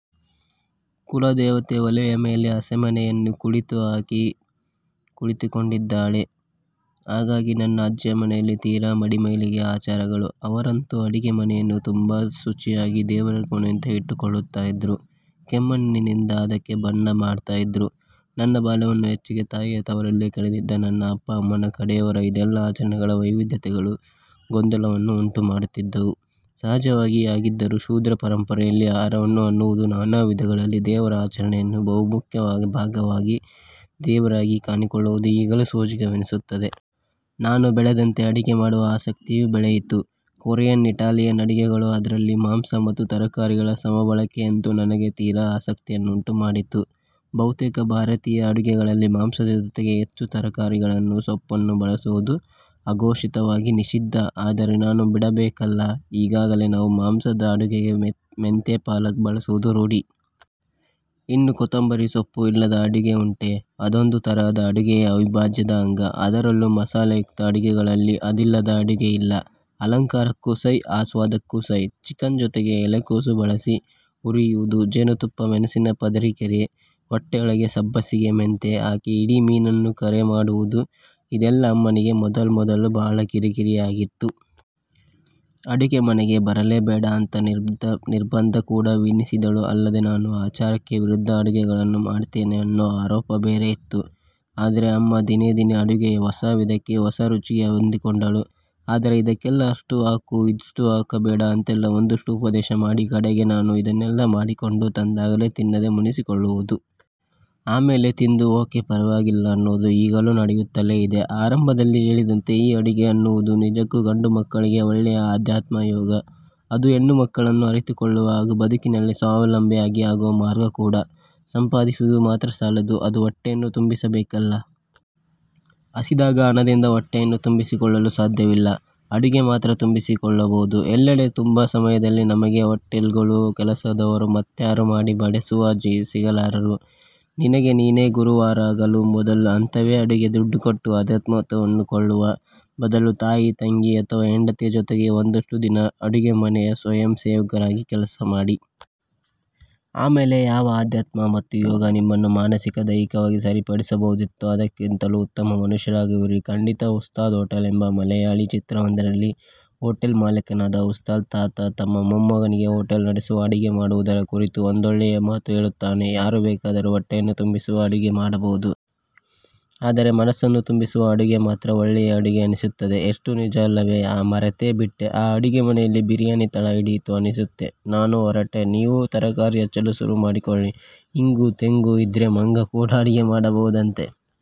ಕುಲದೇವತೆ ಒಲೆಯ ಮೇಲೆ ಹಸೆಮಣೆಯನ್ನು ಕುಳಿತು ಹಾಕಿ ಕುಳಿತುಕೊಂಡಿದ್ದಾಳಂತೆ. ಹಾಗಾಗಿ ನನ್ನ ಅಜ್ಜಿಯ ಮನೆಯಲ್ಲಿ ತೀರಾ ಮಡಿ-ಮೈಲಿಗೆ ಆಚಾರಗಳು. ಅವರಂತೂ ಅಡುಗೆ ಮನೆಯನ್ನು ತುಂಬಾ ಶುಚಿಯಾಗಿ ದೇವರ ಕೋಣೆಯಂತೆ ಇಟ್ಟುಕೊಳ್ತಾ ಇದ್ರು. ಕೆಮ್ಮಣ್ಣಿನಿಂದ ಅದಕ್ಕೆ ಬಣ್ಣ ಮಾಡ್ತಾ ಇದ್ರು. ನನ್ನ ಬಾಲ್ಯವನ್ನು ಹೆಚ್ಚಿಗೆ ತಾಯಿ ತವರಲ್ಲೇ ಕಳೆದಿದ್ದ ನನಗೆ ಅಪ್ಪ -ಅಮ್ಮನ ಕಡೆಯವರ ಇದೆಲ್ಲ ಆಚರಣೆಗಳ ವೈವಿಧ್ಯತೆಗಳು ಗೊಂದಲವನ್ನು ಉಂಟು ಮಾಡುತ್ತಿದ್ದುದು ಸಹಜವಾಗೇ ಆಗಿದ್ದರೂ ಶೂದ್ರ ಪರಂಪರೆಗಳಲ್ಲಿ ಆಹಾರ ಅನ್ನುವುದು ನಾನಾ ವಿಧಗಳಲ್ಲಿ ದೇವರ ಆಚರಣೆಯ ಬಹುಮುಖ್ಯ ಭಾಗವಾಗಿ ಕೆಲವೆಡೆ ದೇವರಾಗಿಯೇ ಕಾಣಿಸಿಕೊಳ್ಳುವುದು ಈಗಲೂ ಸೋಜಿಗವೆನಿಸುತ್ತದೆ. ನಾನು ಬೆಳೆದಂತೆ ಅಡುಗೆ ಮಾಡುವ ಆಸಕ್ತಿಯೂ ಬೆಳೆಯಿತು. ಕೊರಿಯನ್ ಇಟಾಲಿಯನ್ ಅಡುಗೆಗಳು ಅದ್ರಲ್ಲಿ ಮಾಂಸ ಮತ್ತು ತರಕಾರಿಗಳ ಸಮಬಳಕೆಯಂತೂ ನನಗೆ ತೀರ ಆಸಕ್ತಿಯನ್ನುಂಟು ಮಾಡಿತು. ಬಹುತೇಕ ಭಾರತೀಯ ಅಡುಗೆಗಳಲ್ಲಿ ಮಾಂಸದ ಜೊತೆಗೆ ಹೆಚ್ಚು ತರಕಾರಿಗಳನ್ನು-ಸೊಪ್ಪನ್ನು ಬಳಸುವುದು ಆಘೋಷಿತವಾಗಿ ನಿಷಿದ್ಧ. ಆದರೆ ನಾನು ಬಿಡಬೇಕಲ್ಲ ಈಗಾಗಲೇ ನಾವು ಮಾಸದ ಅಡುಗೆಗೆ ಮೆಂತ್ಯೆ ಪಾಲಕ್ ಬಳಸುವುದು ರೂಢಿ. ಇನ್ನೂ ಕೊತ್ತಂಬರಿ ಸೊಪ್ಪು ಇಲ್ಲದ ಅಡುಗೆ ಉಂಟೆ? ಅದೊಂದು ತರಹದ ಅಡುಗೆಯ ಅವಿಭಾಜ್ಯದ ಅಂಗ. ಅದರಲ್ಲೂ ಮಸಾಲೆಯುಕ್ತ ಅಡುಗೆಗಳಲ್ಲಿ ಅದಿಲ್ಲದ ಅಡುಗೆಯಿಲ್ಲ. ಅಲಂಕಾರಕ್ಕೂ ಸೈ ಆಸ್ವಾದಕ್ಕೂ ಸೈ. ಚಿಕನ್ ಜೊತೆಗೆ ಎಲೆಕೋಸು ಬಳಸಿ ಹುರಿಯುವುದು, ಜೇನುತುಪ್ಪ ಮೆಣಸಿನ ಪಂದಿಕರಿ, ಹೊಟ್ಟೆಯೊಳಗೆ ಸಬ್ಬಸಿಗೆ ಮೆಂತ್ಯೆ ಹಾಕಿ ಇಡೀ ಮೀನನ್ನ ಕರೆ ಮಾಡೋದು ಇದೆಲ್ಲಾ ಅಮ್ಮನಿಗೆ ಮೊದಮೊದಲು ಬಹಳ ಕಿರಿಕಿರಿಯಾಗಿತ್ತು. ಅಡುಗೆ ಮನೆಗೆ ಬರಲೇ ಬೇಡ ಅಂತ ನಿರ್ಬಂಧ ಕೂಡ ವಿಸಿದ್ದಳು ಅಲ್ಲದೇ ನಾನು ಆಚಾರಕ್ಕೆ ವಿರುದ್ಧ ಅಡುಗೆಗಳನ್ನು ಮಾಡ್ತೀನಿ ಅನ್ನೋ ಆರೋಪ ಬೇರೆ ಇತ್ತು. ಆದ್ರೆ ಅಮ್ಮ ದಿನೇ ದಿನೇ ಅಡುಗೆಯ ಹೊಸ ವಿಧಕ್ಕೆ ಹೊಸರುಚಿಗೆ ಹೊಂದಿಕೊಂಡಳು. ಆದರೆ ಇದಕ್ಕೆ ಅದು ಇಷ್ಟು ಹಾಕು. ಇದು ಹಾಕಬೇಡ ಅಂತೆಲ್ಲಾ ಒಂದಷ್ಟು ಉಪದೇಶ ಮಾಡಿ ಕಡೆಗೆ ನಾನು ಇನ್ನೇನೋ ಮಾಡಿಕೊಂಡು ತಂದಾಗ ತಿನ್ನದೇ ಮುನಿಸಿಕೊಳ್ಳುವುದು. ಆಮೇಲೆ ತಿಂದು ಓಕೆ ಪರ್ವಾಗಿಲ್ಲ ಅನ್ನೋದು ಈಗಲೂ ನಡೆಯುತ್ತಲೇ ಇದೆ. ಆರಂಭದಲ್ಲೇ ಹೇಳಿದಂತೆ ಈ ಅಡುಗೆ ಅನ್ನುವುದು ನಿಜಕ್ಕೂ ಗಂಡು ಮಕ್ಕಳಿಗೆ ಒಳ್ಳೆಯ ಅಧ್ಯಾತ್ಮ ಮತ್ತು ಯೋಗ. ಅದು ಹೆಣ್ಣು ಮಕ್ಕಳನ್ನು ಅರಿತುಕೊಳ್ಳುವ ಹಾಗೂ ಬದುಕಿನಲ್ಲಿ ಸ್ವಾವಲಂಬಿ ಆಗುವ ಮಾರ್ಗ ಕೂಡ. ಸಂಪಾದಿಸುವುದು ಮಾತ್ರ ಸಾಲದು ಅದು ಹೊಟ್ಟೆಯನ್ನು ತುಂಬಿಸಬೇಕಲ್ಲ. ಹಸಿದಾಗ ಹಣದಿಂದ ಹೊಟ್ಟೆಯನ್ನು ತುಂಬಿಸಿಕೊಳ್ಳಲು ಸಾಧ್ಯವಿಲ್ಲ. ಹೊಟ್ಟೆಯನ್ನು ಅಡುಗೆ ಮಾತ್ರ ತುಂಬಿಸಬಲ್ಲುದು. ಎಲ್ಲೆಡೆ ಎಲ್ಲಾ ಸಮಯದಲ್ಲೂ ನಮಗೆ ಹೊಟೇಲ್ಗಳು, ಅಡುಗೆ ಕೆಲಸದವರು ಮತ್ಯಾರೋ ಮಾಡಿ ಬಡಿಸುವ ಜನ ಸಿಗಲಾರರು. ನಿನಗೆ ನೀನೆ ಗುರುವಾಗುವ ಮೊದಲ ಹಂತವೇ ಅಡುಗೆ. ದುಡ್ಡುಕೊಟ್ಟು ಅಧ್ಯಾತ್ಮವನ್ನು ಕೊಳ್ಳುವ ಬದಲು ತಾಯಿ, ತಂಗಿ ಅಥವಾ ಹೆಂಡತಿಯ ಜೊತೆಗೆ ಒಂದಷ್ಟು ದಿನ ಅಡುಗೆ ಮನೆಯ ಸ್ವಯಂ ಸೇವಕರಾಗಿ ಕೆಲ್ಸ ಮಾಡಿ. ಆಮೇಲೆ ಯಾವ ಅಧ್ಯಾತ್ಮ ಮತ್ತು ಯೋಗ ನಿಮ್ಮನ್ನು ಮಾನಸಿಕ-ದೈಹಿಕವಾಗಿ ಸರಿಪಡಿಸಬಹುದಿತ್ತೋ ಅದಕ್ಕಿಂತಲೂ ಉತ್ತಮ ಮನುಷ್ಯರಾಗುವಿರಿ.. ಖಂಡಿತ. 'ಉಸ್ತಾದ್ ಹೊಟೇಲ್' ಎಂಬ ಮಲೆಯಾಳಿ ಚಿತ್ರವೊಂದರಲ್ಲಿ ಹೊಟೇಲ್ ಮಾಲಕನಾದ ಉಸ್ತಾದ್ ತಾತ ತಮ್ಮ ಮೊಮ್ಮಗನಿಗೆ ಹೊಟೇಲು ನಡೆಸುವ ಅಡುಗೆ ಮಾಡುವುದರ ಕುರಿತು ಒಂದೊಳ್ಳೆಯ ಮಾತು ಹೇಳುತ್ತಾನೆ 'ಯಾರು ಬೇಕಾದರೂ ಹೊಟ್ಟೆಯನ್ನು ತುಂಬಿಸುವ ಅಡುಗೆ ಮಾಡಬಹುದು. ಆದರೆ ಮನಸ್ಸನ್ನೂ ತುಂಬಿಸುವ ಅಡುಗೆ ಮಾತ್ರ ಒಳ್ಳೆಯ ಅಡುಗೆ ಅನಿಸಿಕೊಳ್ಳುತ್ತದೆ'. ಎಷ್ಟು ನಿಜ ಅಲ್ಲವೇ. ಹಾ ಮರತೇ ಬಿಟ್ಟೆ ಅಡುಗೆ ಮನೆಯಲ್ಲಿ ಬಿರಿಯಾನಿ ತಳ ಹಿಡಿಯಿತು ಅನಿಸುತ್ತೆ. ನಾನು ಹೊರಟೆ. ನೀವು ತರಕಾರಿ ಹಚ್ಚಲು ಶುರುಮಾಡಿಕೊಳ್ಳಿ. ಇಂಗು-ತೆಂಗು ಇದ್ರೆ ಮಂಗ ಕೂಡ ಅಡುಗೆ ಮಾಡಬಹುದಂತೆ.